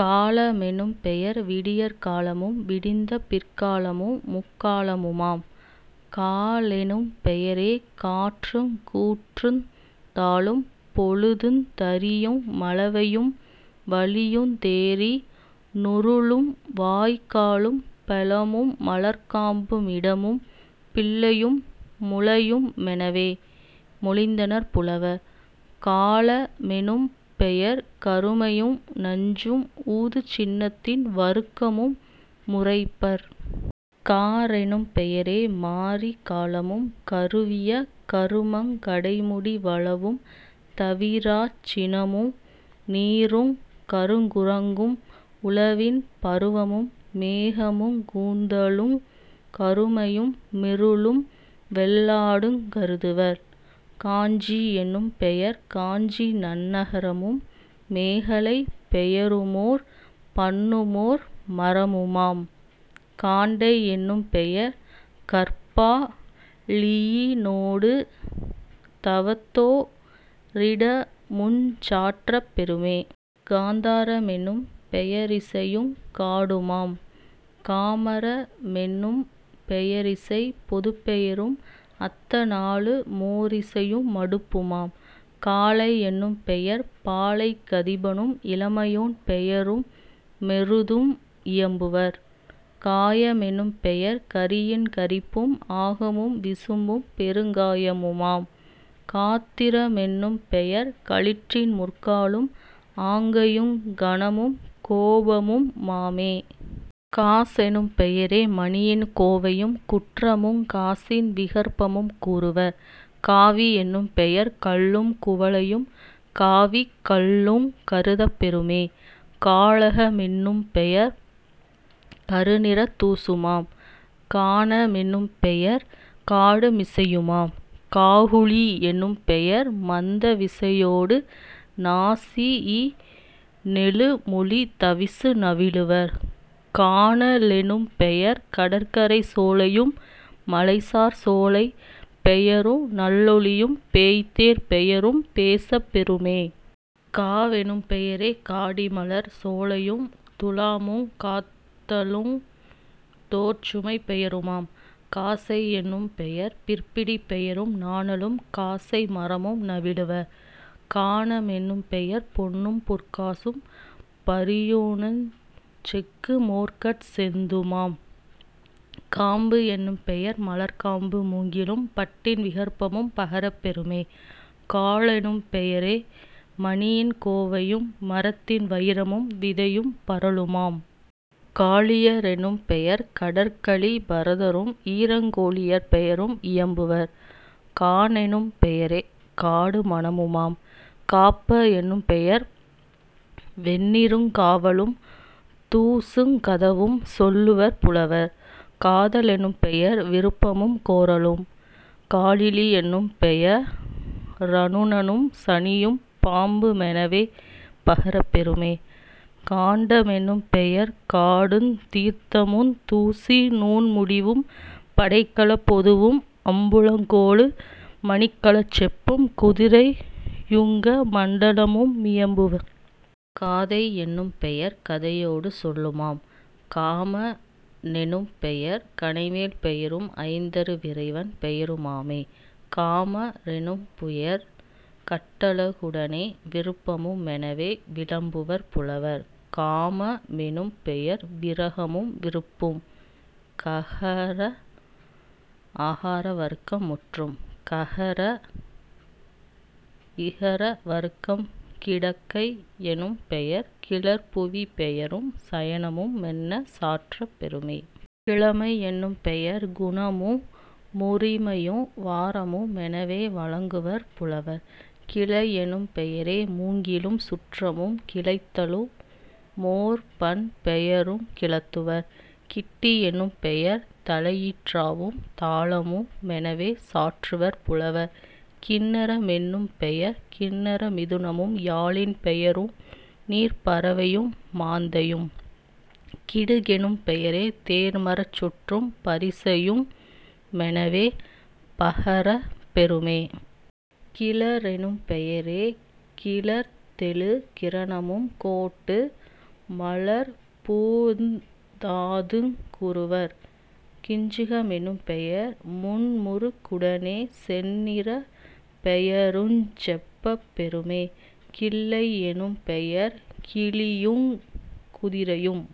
கால மெனும்பெயர் விடியற் காலமும் விடிந்த பிற்காலமு முக்கா லமுமாம்..... காலெனும் பெயரே காற்றுங் கூற்றுந் தாளும் பொழுதுந் தறியு மளவையும் வழியுந் தேரி னுருளும் வாய்க்காலும் பெலமு மலர்க்காம்பு மிடமும் பிள்ளையும் முளையு மெனவே மொழிந்தனர் புலவர்..... காள மெனும்பெயர் கருமையு நஞ்சும் ஊது சின்னத்தின் வருக்கமு முரைப்பர்..... காரெனும் பெயரே மாரிக் காலமும் கறுவிய கருமங் கடைமுடி வளவும் தவிராச் சினமு நீருங் கருங்குரங்கும் உழவின் பருவமு மேகமுங் கூந்தலுங் கருமையு மிருளும் வெள்ளாடுங் கருதுவர்..... காஞ்சி யெனும்பெயர் காஞ்சி நன்னகரமும் மேகலைப் பெயருமோர் பண்ணுமோர் மரமுமாம்.... காண்டை யெனும்பெயர் கற்பா ழியினொடு தவத்தோ ரிடமுஞ் சாற்றப் பெறுமே..... காந்தார மெனும்பெய ரிசையுங் காடுமாம்..... காமர மெனும்பெய ரிசைப் பொதுப்பெயரும் அத்த நாளு மோரிசையு மடுப்புமாம்..... காளை யெனும்பெயர் பாலைக் கதிபனும் இளமையோன் பெயரு மெருதும் இயம்புவர்..... காய மெனும்பெயர் கறியின் கரிப்பும் ஆகமும் விசும்பும் பெருங்கா யமுமாம்..... காத்திர மெனும்பெயர் களிற்றின் முற்காலும் ஆக்கையுங் கனமும் கோப முமாமே..... காசெனும் பெயரே மணியின் கோவையும் குற்றமுங் காசின் விகற்பமும் கூறுவர்..... காவி யெனும்பெயர் கள்ளும் குவளையும் காவிக் கல்லுங் கருதப் பெறுமே..... காழக மெனும்பெயர் கருநிறந் தூசுமாம்..... கான மெனும்பெயர் காடு மிசையுமாம்..... காகுளி யெனும்பெயர் மந்த விசையொடு நாசியி னெழுமொலி தவிசு நவிலுவர்..... கான லெனும்பெயர் கடற்கரைச் சோலையும் மலைசார் சோலைப்பெயரு நல்லொளியும் பேய்த்தேர்ப் பெயரும் பேசப் பெறுமே..... காவெனும் பெயரே காடிமலர்ச் சோலையும் துலாமுங் காத்தலுந் தோட்சுமைப் பெயருமாம்..... காசை யெனும்பெயர் புற்பிடிப் பெயரும் நாணலும் காசை மரமு நவிலுவர்..... காண மெனும்பெயர் பொன்னும் பொற்காசும் பரியூ ணுஞ்செக்கு மோர்கட் செந்துமாம்..... காம்பு எனும்பெயர் மலர்க்காம்பு மூங்கிலும் பட்டின் விகற்பமும் பகரப் பெறுமே..... காழெனும் பெயரே மணியின் கோவையு மரத்தின் வயிரமும் விதையும் பரலுமாம்..... காழிய ரெனும்பெயர் கடற்கழிப் பரதரும் ஈரங் கோலியர் பெயரும் இயம்புவர்..... கானெனும் பெயரே காடு மணமுமாம்..... காப்ப, எனும்பெயர் வெண்ணீருங் காவலும் தூசுங் கதவும் சொல்லுவர் புலவர்..... காத லெனும்பெயர் விருப்பமுங் கோறலும்..... காலிலி யெனும்பெய ரருணனும் சனியும் பாம்பு மெனவே பகரப் பெறுமே..... காண்ட மெனும்பெயர் காடுந் தீர்த்தமுந் தூசு நூன்முடிவும் படைக்கலப் பொதுவும் அம்புங் கோலு மணிகலச் செப்பும் குதிரை யுங்கமண் டலமு மியம்புவர்..... காதை யெனும்பெயர் கதையொடு சொல்லுமாம்..... காம னெனும்பெயர் கணைவேள் பெயரும் ஐந்தரு விறைவன் பெயரு மாமே..... காம ரெனும்பெயர் கட்ட ழகுடனே விருப்பமு மெனவே விளம்புவர் புலவர்..... காம மெனும்பெயர் விரகமும் விருப்பும்..... ககர ஆகார வருக்கம் முற்றும். ககர இகர வருக்கம் கிடக்கை யெனும்பெயர் கிளர்புவிப் பெயரும் சயனமு மென்னச் சாற்றப் பெறுமே..... கிழமை யெனும்பெயர் குணமு முரிமையும் வாரமு மெனவே வழங்குவர் புலவர்..... கிளையெனும் பெயரே மூங்கிலும் சுற்றமும் கிளைத்தலு மோர்பண் பெயருங் கிளத்துவர்..... கிட்டி யெனும்பெயர் தலையீற் றாவும் தாளமு மெனவே சாற்றுவர் புலவர்.....। கின்னர மெனும்பெயர் கின்னர மிதுனமும் யாழின் பெயரு நீர்ப்பறவையு மாந்தையும்..... கிடுகெனும் பெயரே தேர்மரச் சுற்றும் பரிசையு மெனவே பகரப் பெறுமே..... கிளரெனும் பெயரே கிளர்த்தெழு கிரணமும் கோட்டு மலர்ப்பூந் தாதுங் கூறுவர்..... கிஞ்சுக மெனும்பெயர் முண்முருக் குடனே சென்னிறப் பெயருஞ் செப்பப் பெறுமே..... கிள்ளை யெனும்பெயர் கிளியுங் குதிரையும்.